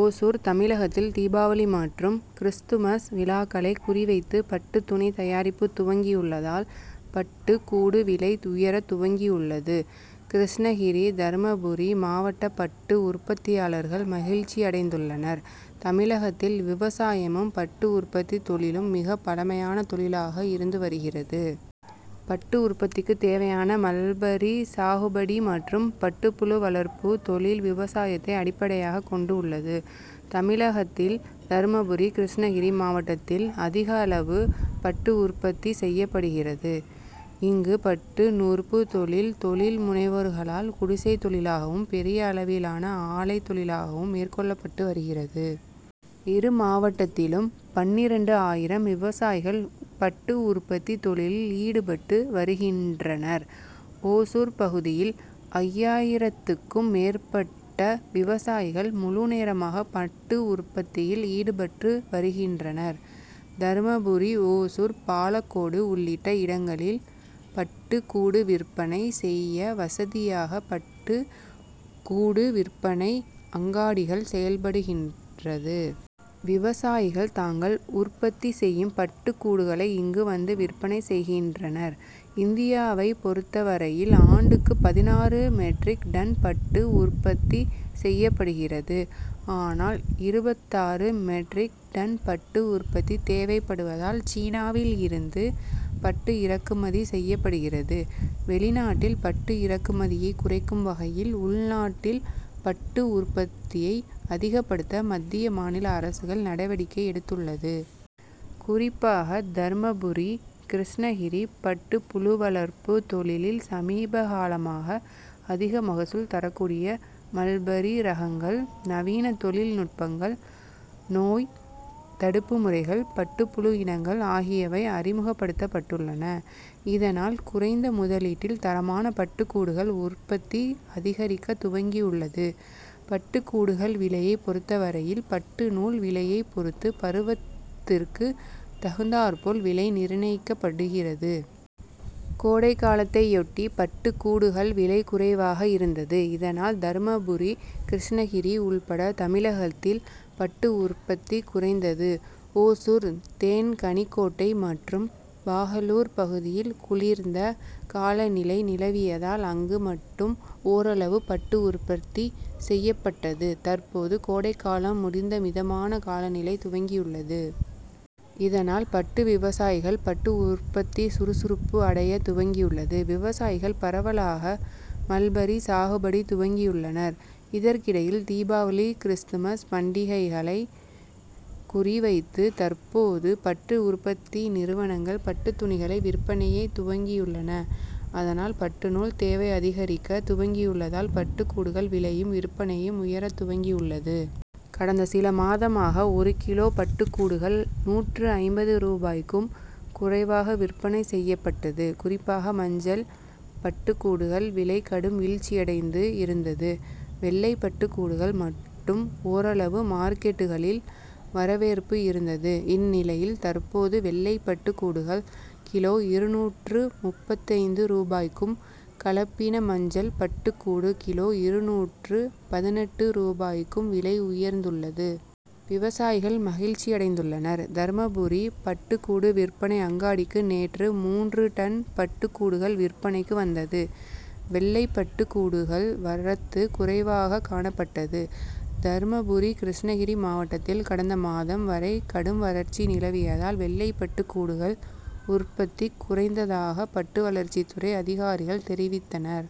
ஓசூர் தமிழகத்தில் தீபாவளி மற்றும் கிறிஸ்துமஸ் விழாக்களை குறி வைத்து பட்டு துணி தயாரிப்பு துவங்கியுள்ளதால், பட்டு கூடு விலை உயர துவங்கியுள்ளது. கிருஷ்ணகிரி, தர்மபுரி மாவட்ட பட்டு உற்பத்தியாளர்கள் மகிழ்ச்சியடைந்துள்ளனர். தமிழகத்தில் விவசாயமும், பட்டு உற்பத்தி தொழிலும் மிக பழமையான தொழிலாளாக இருந்து வருகிறது. பட்டு உற்பத்திக்கு தேவையான மல்பரி சாகுபடி மற்றும் பட்டுப்புழு வளர்ப்பு தொழில் விவசாயத்தை அடிப்படையாக கொண்டு உள்ளது. தமிழகத்தில் தர்மபுரி, கிருஷ்ணகிரி மாவட்டத்தில் அதிகளவு பட்டு உற்பத்தி செய்யப்படுகிறது. இங்கு பட்டு நூற்பு தொழில் தொழில் முனைவோர்களால் குடிசை தொழிலாகவும், பெரிய அளவிலான ஆலை தொழிலாகவும் மேற்கொள்ளப்பட்டு வருகிறது. இரு மாவட்டத்திலும் பன்னிரண்டு ஆயிரம் விவசாயிகள் பட்டு உற்பத்தி தொழிலில் ஈடுபட்டு வருகின்றனர். ஓசூர் பகுதியில் ஐயாயிரத்துக்கும் மேற்பட்ட விவசாயிகள் முழுநேரமாக பட்டு உற்பத்தியில் ஈடுபட்டு வருகின்றனர். தர்மபுரி, ஓசூர், பாலக்கோடு உள்ளிட்ட இடங்களில் பட்டு கூடு விற்பனை செய்ய வசதியாக பட்டு கூடு விற்பனை அங்காடிகள் செயல்படு கிறது. விவசாயிகள் தாங்கள் உற்பத்தி செய்யும் பட்டு கூடுகளை இங்கு வந்து விற்பனை செய்கின்றனர். இந்தியாவை பொறுத்தவரையில் ஆண்டுக்கு பதினாறு மெட்ரிக் டன் பட்டு உற்பத்தி செய்யப்படுகிறது. ஆனால், இருபத்தாறு மெட்ரிக் டன் பட்டு உற்பத்தி தேவைப்படுவதால் சீனாவில் இருந்து பட்டு இறக்குமதி செய்யப்படுகிறது. வெளிநாட்டில் பட்டு இறக்குமதியை குறைக்கும் வகையில் உள்நாட்டில் பட்டு உற்பத்தியை அதிகப்படுத்த மத்திய, மாநில அரசுகள் நடவடிக்கை எடுத்துள்ளது. குறிப்பாக தர்மபுரி, கிருஷ்ணகிரி பட்டு புழு வளர்ப்பு தொழிலில் சமீப காலத்தில் அதிக மகசூல் தரக்கூடிய மல்பரி ரகங்கள், நவீன தொழில்நுட்பங்கள், நோய் தடுப்பு முறைகள், பட்டுப்புழு இனங்கள் ஆகியவை அறிமுகப்படுத்தப்பட்டுள்ளன. இதனால், குறைந்த முதலீட்டில் தரமான பட்டு கூடுகள் உற்பத்தி அதிகரிக்க துவங்கியுள்ளது. பட்டு கூடுகள் விலையை பொறுத்தவரையில் பட்டு நூல் விலையை பொறுத்து பருவத்திற்கு தகுந்தாற்போல் விலை நிர்ணயிக்கப்படுகிறது. கோடைகாலத்தையொட்டி பட்டு கூடுகள் விலை குறைவாக இருந்தது. இதனால், தர்மபுரி, கிருஷ்ணகிரி உள்பட தமிழகத்தில் பட்டு உற்பத்தி குறைந்தது. ஓசூர், தேன்கனிக்கோட்டை மற்றும் பாகலூர் பகுதியில் குளிர்ந்த காலநிலை நிலவியதால், அங்கு மட்டும் ஒரளவு பட்டு உற்பத்தி செய்யப்பட்டது. தற்போது கோடை காலம் முடிந்து மிதமான காலநிலை துவங்கியுள்ளது. இதனால், பட்டு விவசாயிகள் பட்டு உற்பத்தி சுறுசுறுப்பு அடைய துவங்கியுள்ளது. விவசாயிகள் பரவலாக மல்பரி சாகுபடி துவங்கியுள்ளனர். இதற்கிடையில் தீபாவளி, கிறிஸ்துமஸ் பண்டிகளை குறி வைத்து தற்போது பட்டு உற்பத்தி நிறுவனங்கள் பட்டு துணிகளை விற்பனையை துவங்கியுள்ளன. அதனால், பட்டு நூல் தேவை அதிகரிக்க துவங்கியுள்ளதால், பட்டு கூடுகள் விலையும், விற்பனையும் உயர துவங்கியுள்ளது. கடந்த சில மாதமாக ஒரு கிலோ பட்டு கூடுகள் நூற்று ஐம்பது ரூபாய்க்கும் குறைவாக விற்பனை செய்யப்பட்டது. குறிப்பாக மஞ்சள் பட்டு கூடுகள் விலை கடும் வீழ்ச்சியடைந்து இருந்தது. வெள்ளை பட்டு கூடுகள் மட்டும் ஒரளவு மார்க்கெட்டுகளில் வரவேற்பு இருந்தது. இந்நிலையில் தற்போது வெள்ளை பட்டு கூடுகள் கிலோ இருநூற்று முப்பத்தைந்து ரூபாய்க்கும், கலப்பின மஞ்சள் பட்டு கூடு கிலோ இருநூற்று பதினெட்டு ரூபாய்க்கும் விலை உயர்ந்துள்ளது. விவசாயிகள் மகிழ்ச்சியடைந்துள்ளனர். தர்மபுரி பட்டு கூடு விற்பனை அங்காடிக்கு நேற்று மூன்று டன் பட்டு கூடுகள் விற்பனைக்கு வந்தது. வெள்ளை பட்டு கூடுகள் வரத்து குறைவாக காணப்பட்டது. தர்மபுரி, கிருஷ்ணகிரி மாவட்டத்தில் கடந்த மாதம் வரை கடும் வறட்சி நிலவியதால், வெள்ளை பட்டு கூடுகள் உற்பத்தி குறைந்ததாக பட்டுவளர்ச்சி துறை அதிகாரிகள் தெரிவித்தனர்.